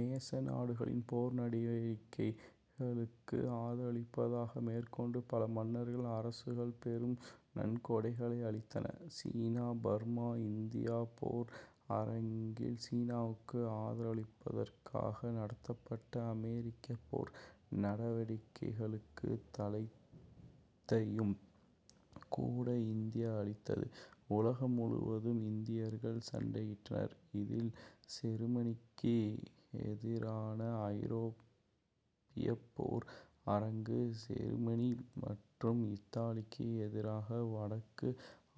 நேச நாடுகளின் போர் நடவடிக்கைகளுக்கு ஆதரவளிப்பதாக மேற்கொண்டு பல மன்னர் அரசுகள் பெரும் நன்கொடைகளை அளித்தன. சீனா, பர்மா, இந்தியா போர் அரங்கில் சீனாவுக்கு ஆதரவளிப்பதற்காக நடத்தப்பட்ட அமெரிக்கப் போர் நடவடிக்கைகளுக்கு தளத்தையும் கூட இந்தியா அளித்தது. உலகம் முழுவதும் இந்தியர்கள் சண்டையிட்டனர். இதில் செருமனிக்கு எதிரான ஐரோப்பியப் போர் அரங்கு, செருமனி மற்றும் இத்தாலிக்கு எதிராக வடக்கு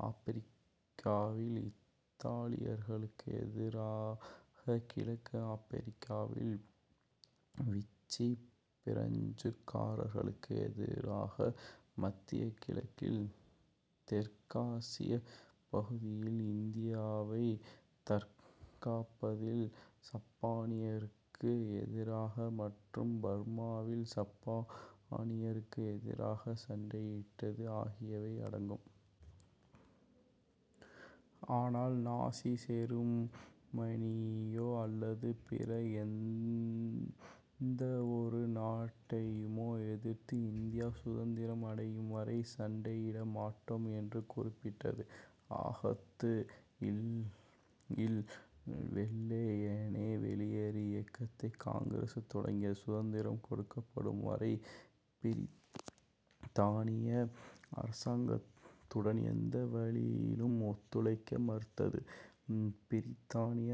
ஆப்பிரிக்காவில், இத்தாலியர்களுக்கு எதிராக கிழக்கு ஆப்பிரிக்காவில், விச்சி பிரெஞ்சுக்காரர்களுக்கு எதிராக மத்திய கிழக்கில், தெற்காசியப் பகுதியில் இந்தியாவைத் தற்காப்பதில் சப்பானியருக்கு எதிராக மற்றும் பர்மாவில் சப்பானியருக்கு எதிராகச் சண்டையிட்டது ஆகியவை அடங்கும். ஆனால், நாசி செருமனியையோ அல்லது பிற எந்தவொரு நாட்டையுமோ எதிர்த்து இந்தியா சுதந்திரம் அடையும் வரை சண்டையிட மாட்டோம் என்று குறிப்பிட்டது. ஆகத்து இல் வெள்ளையனே வெளியேறு இயக்கத்தை காங்கிரசு தொடங்கியது. சுதந்திரம் கொடுக்கப்படும் வரை பிரித்தானிய அரசாங்கத்துடன் எந்த வழியிலும் ஒத்துழைக்க மறுத்தது. பிரித்தானிய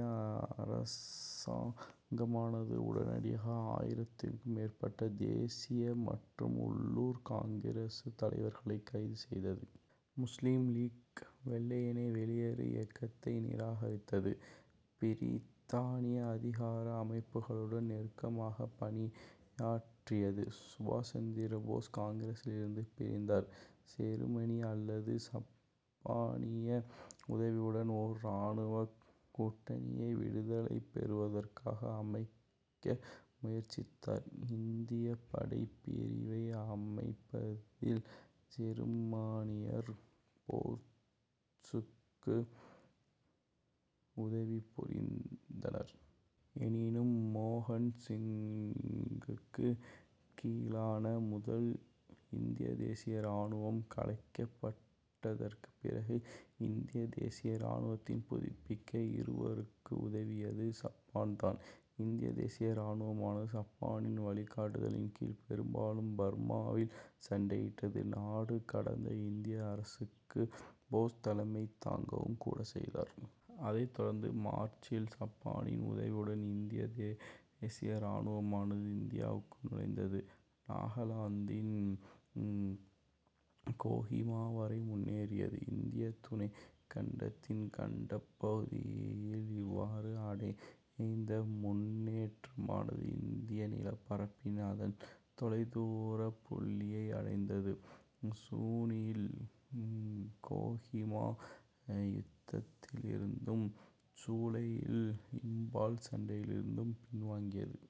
அரசாங்கமானது உடனடியாக ஆயிரத்துக்கும் மேற்பட்ட தேசிய மற்றும் உள்ளூர் காங்கிரசு தலைவர்களைக் கைது செய்தது. முசுலிம் லீக் வெள்ளையனே வெளியேறு இயக்கத்தை நிராகரித்தது. பிரித்தானிய அதிகார அமைப்புகளுடன் நெருக்கமாகப் பணிடாற்றியது. சுபாஷ் சந்திர போஸ் காங்கிரசிலிருந்து பிரிந்தார். செருமனி அல்லது சப்பானிய உதவியுடன் ஓர் இராணுவக் கூட்டணியை விடுதலை பெறுவதற்காக அமைக்க முயற்சித்தார். இந்தியப் படைப் பிரிவை அமைப்பதில் செருமானியர் போசுக்கு உதவி புரிந்தனர். எனினும், மோகன் சிங்குக்குக் கீழான முதல் இந்தியத் தேசிய இராணுவம் கலைக்கப்பட்டதற்குப் பிறகு இந்திய தேசிய இராணுவத்தை புதுப்பிக்க இருவருக்கு உதவியது சப்பான் தான். இந்திய தேசிய இராணுவமானது சப்பானின் வழிகாட்டுதலின் கீழ் பெரும்பாலும் பர்மாவில் சண்டையிட்டது. நாடு கடந்த இந்திய அரசுக்குப் போஸ் தலைமை தாங்கவும் கூட செய்தார். அதைத் தொடர்ந்து மார்ச்சில் சப்பானின் உதவியுடன் இந்திய தேசிய இராணுவமானது இந்தியாவுக்குள் நுழைந்தது. நாகலாந்தின் கோகிமா வரை முன்னேறியது. இந்திய துணைக்கண்டத்தின் கண்டப் பகுதியில் இவ்வாறு அடைந்த முன்னேற்றமானது இந்திய நிலப்பரப்பில் அதன் தொலைதூரப் புள்ளியை அடைந்தது. சூனில் கோகிமா யுத்தத்திலிருந்தும், சூலை இல் இம்பால் சண்டையிலிருந்தும் பின் வாங்கியது.